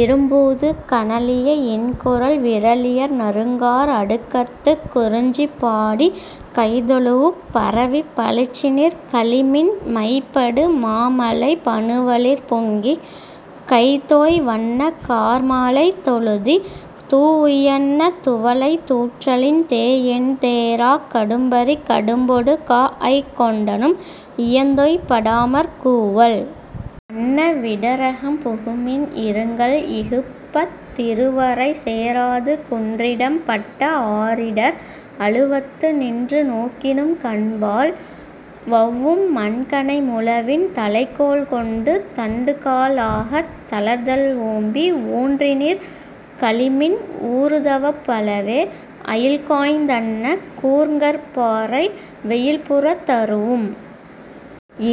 இறும்பூது கஞலிய இன்குரல் விறலியர் நறுங்கார் அடுக்கத்துக் குறிஞ்சி பாடிக் கைதொழூஉப் பரவிப் பழிச்சினிர் கழிமின் மைபடு மாமலை பனுவலிற் பொங்கிக் கைதோய் வன்ன கார்மழைத் தொழுதி தூஉ யன்ன துவலை தூற்றலின் தேஎந் தேறாக் கடும்பரிக் கடும்பொடு காஅய்க் கொண்டநும் இயந்தொய் படாமற் கூவல் அன்ன விடரகம் புகுமின் இருங்கல் இகுப்பத் திறுவரை சேராது குன்றிடம் பட்ட ஆரிடர் அழுவத்து நின்று நோக்கினும் கண்வாள் வெளவும் மண்கனை முழவின் தலைக்கோல் கொண்டு தண்டுகா லாகத் தளர்தல் ஓம்பி ஊன்றினிர் கழிமின் ஊறுதவப் பலவே அயில்காய்ந் தன்ன கூர்ங்கற் பாறை வெயில்புறந் தரூஉம்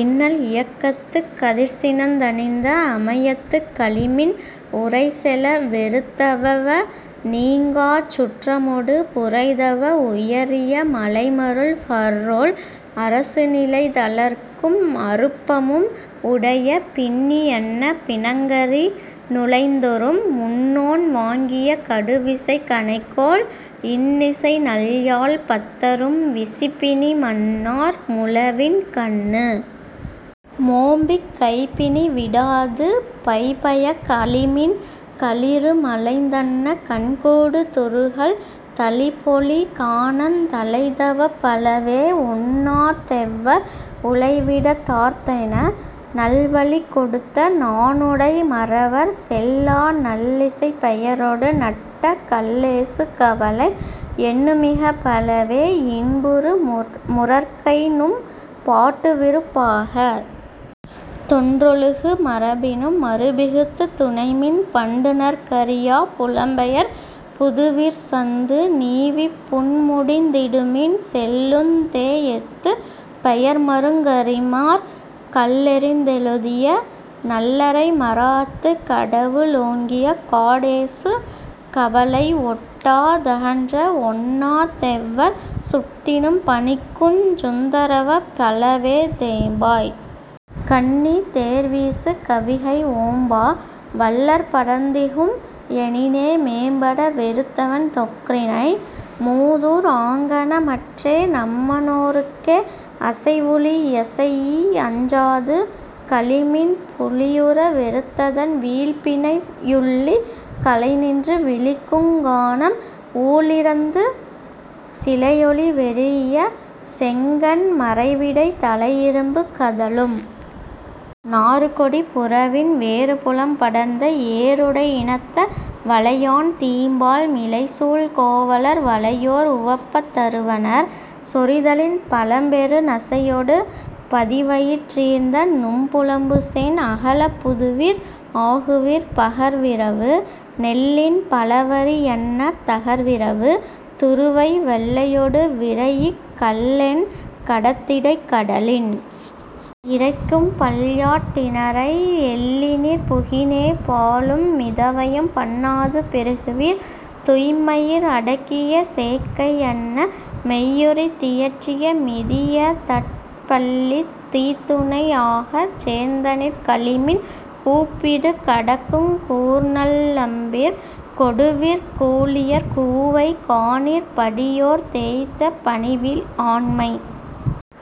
இன்னல் இயக்கத்துக் கதிர்சினந் தணிந்த அமயத்துக் கழிமின் உரைசெல வெறுத்தவவ னீங்காச் சுற்றமொடு புரைதவ உயரிய மழைமருள் பஃறோல் அரசுநிலை தளர்க்கும் அருப்பமும் உடைய பின்னி யன்ன பிணங்கரி னுழைதொறும் முன்னோன் வாங்கிய கடுவிசைக் கணைக்கோல் இன்னிசை நல்யாழ்ப் பத்தரும் விசிபிணி மண்ணார் முழவின் கண்ணு மோம்பிக் கைபிணி விடாஅது பைபயக் கழிமின் களிறுமலைந் தன்ன கண்கூடு துறுகல் தளிபொழி கானந் தலைதவப் பலவே ஒன்னாத் தெவ்வர் உலைவிடத் தார்த்தென நல்வழிக் கொடுத்த நாணுடை மறவர் செல்லா நல்லிசைப் பெயரொடு நட்ட கல்லேசு கவலை எண்ணுமிகப் பலவே இன்புறு முரற்கைநும் பாட்டுவிருப் பாகத் தொன்றொழுகு மரபினும் மருப்பிகுத்துத் துனைமின் பண்டுநற் கறியாப் புலம்பெயர் புதுவிர் சந்து நீவிப் புன்முடிந் திடுமின் செல்லுந் தேஎத்துப் பெயர்மருங் கறிமார் கல்லெறிந் தெழுதிய நல்லரை மராஅத்து கடவு ளோங்கிய காடேசு கவலை ஒட்டா தகன்ற ஒன்னாத் தெவ்வர் சுட்டினும் பனிக்குஞ் சுரந்தவப் பலவே தேம்பாய் கண்ணித் தேர்வீசு கவிகை ஓம்பா வள்ளற் படர்ந்திகும் எனினே மேம்பட வெறுத்தவன் தொஃறிணை மூதூர் ஆங்கன மற்றே நம்ம னோர்க்கே அசைவுழி யசைஇ அஞ்சாது கழிமின் புலியுற வெறுத்ததன் வீழ்பிணை யுள்ளிக் கலைநின்று விளிக்குங் கானம் ஊழிறந்து சிலையொலி வெரீஇய செங்கண் மரைவிடை தலையிரும்பு கதழும் நாறுகொடிப் புறவின் வேறுபுலம் படர்ந்த ஏறுடை இனத்த வளையான் தீம்பால் மிளைசூழ் கோவலர் வளையோர் உவப்பத் தருவனர் சொரிதலின் பலம்பெறு நசையொடு பதிவயிற் றீர்ந்தநும் புலம்புசேண் அகலப் புதுவிர் ஆகுவிர் பகர்விரவு நெல்லின் பலவரி யன்ன தகர்விரவு துருவை வெள்ளையொடு விரைஇக் கல்லென் கடத்திடைக் கடலின் இரைக்கும் பல்யாட் டினநிரை எல்லினிர் புகினே பாலும் மிதவையும் பண்ணாது பெறுகுவிர் துய்ம்மயிர் அடக்கிய சேக்கை யன்ன மெய்யுரித் தியற்றிய மிதியதட் பள்ளித் தீத்துணை யாகச் சேந்தனிர் கழிமின் கூப்பிடு கடக்குங் கூர்நல் லம்பிற் கொடுவிற் கூளியர் கூவை காணிற் படியோர்த் தேய்த்த பணிவில் ஆண்மைக்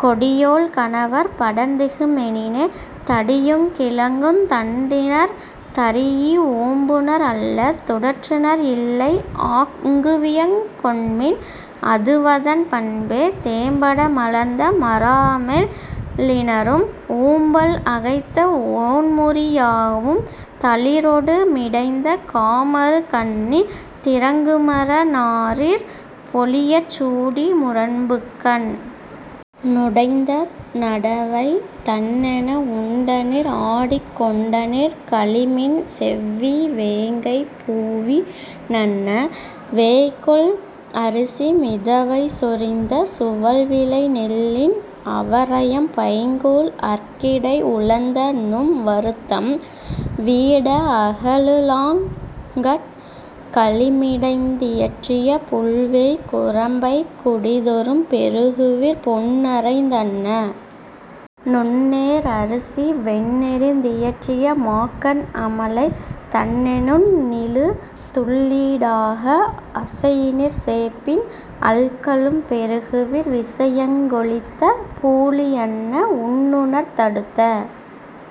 கொடியோள் கணவற் படர்ந்திகு மெனினே தடியுங் கிழங்குந் தண்டினர் தரீஇ ஓம்புநர் அல்ல துடற்றுநர் இல்லை ஆங்குவியங் கொண்மின் அதுவதன் பண்பே தேம்பட மலர்ந்த மராஅமெல் லிணரும் உம்பல் அகைத்த ஒண்முறி யாவும் தளிரொடு மிடைந்த காமரு கண்ணி திரங்குமர னாரிற் பொலியச் சூடி முரம்புகண் ணுடைந்த நடவை தண்ணென உண்டனிர் ஆடிக் கொண்டனிர் கழிமின் செவ்வீ வேங்கைப் பூவி னன்ன வேய்கொள் அரிசி மிதவை சொரிந்த சுவல்விளை நெல்லின் அவரையம் பைங்கூழ் அற்கிடை உழந்தநும் வருத்தம் வீட அகலு ளாங்கட் கழிமிடைந் தியற்றிய புல்வேய் குரம்பைக் குடிதொறும் பெறுகுவிர் பொன்னறைந் தன்ன நுண்ணேர் அரிசி வெண்ணெறிந் தியற்றிய மாக்கண் அமலை தண்ணெ ணுண்ணிழு துள்ளீ டாக அசையினிர் சேப்பின் அல்கலும் பெறுகுவிர் விசையங் கொழித்த பூழி யன்ன உண்ணுநர்த் தடுத்த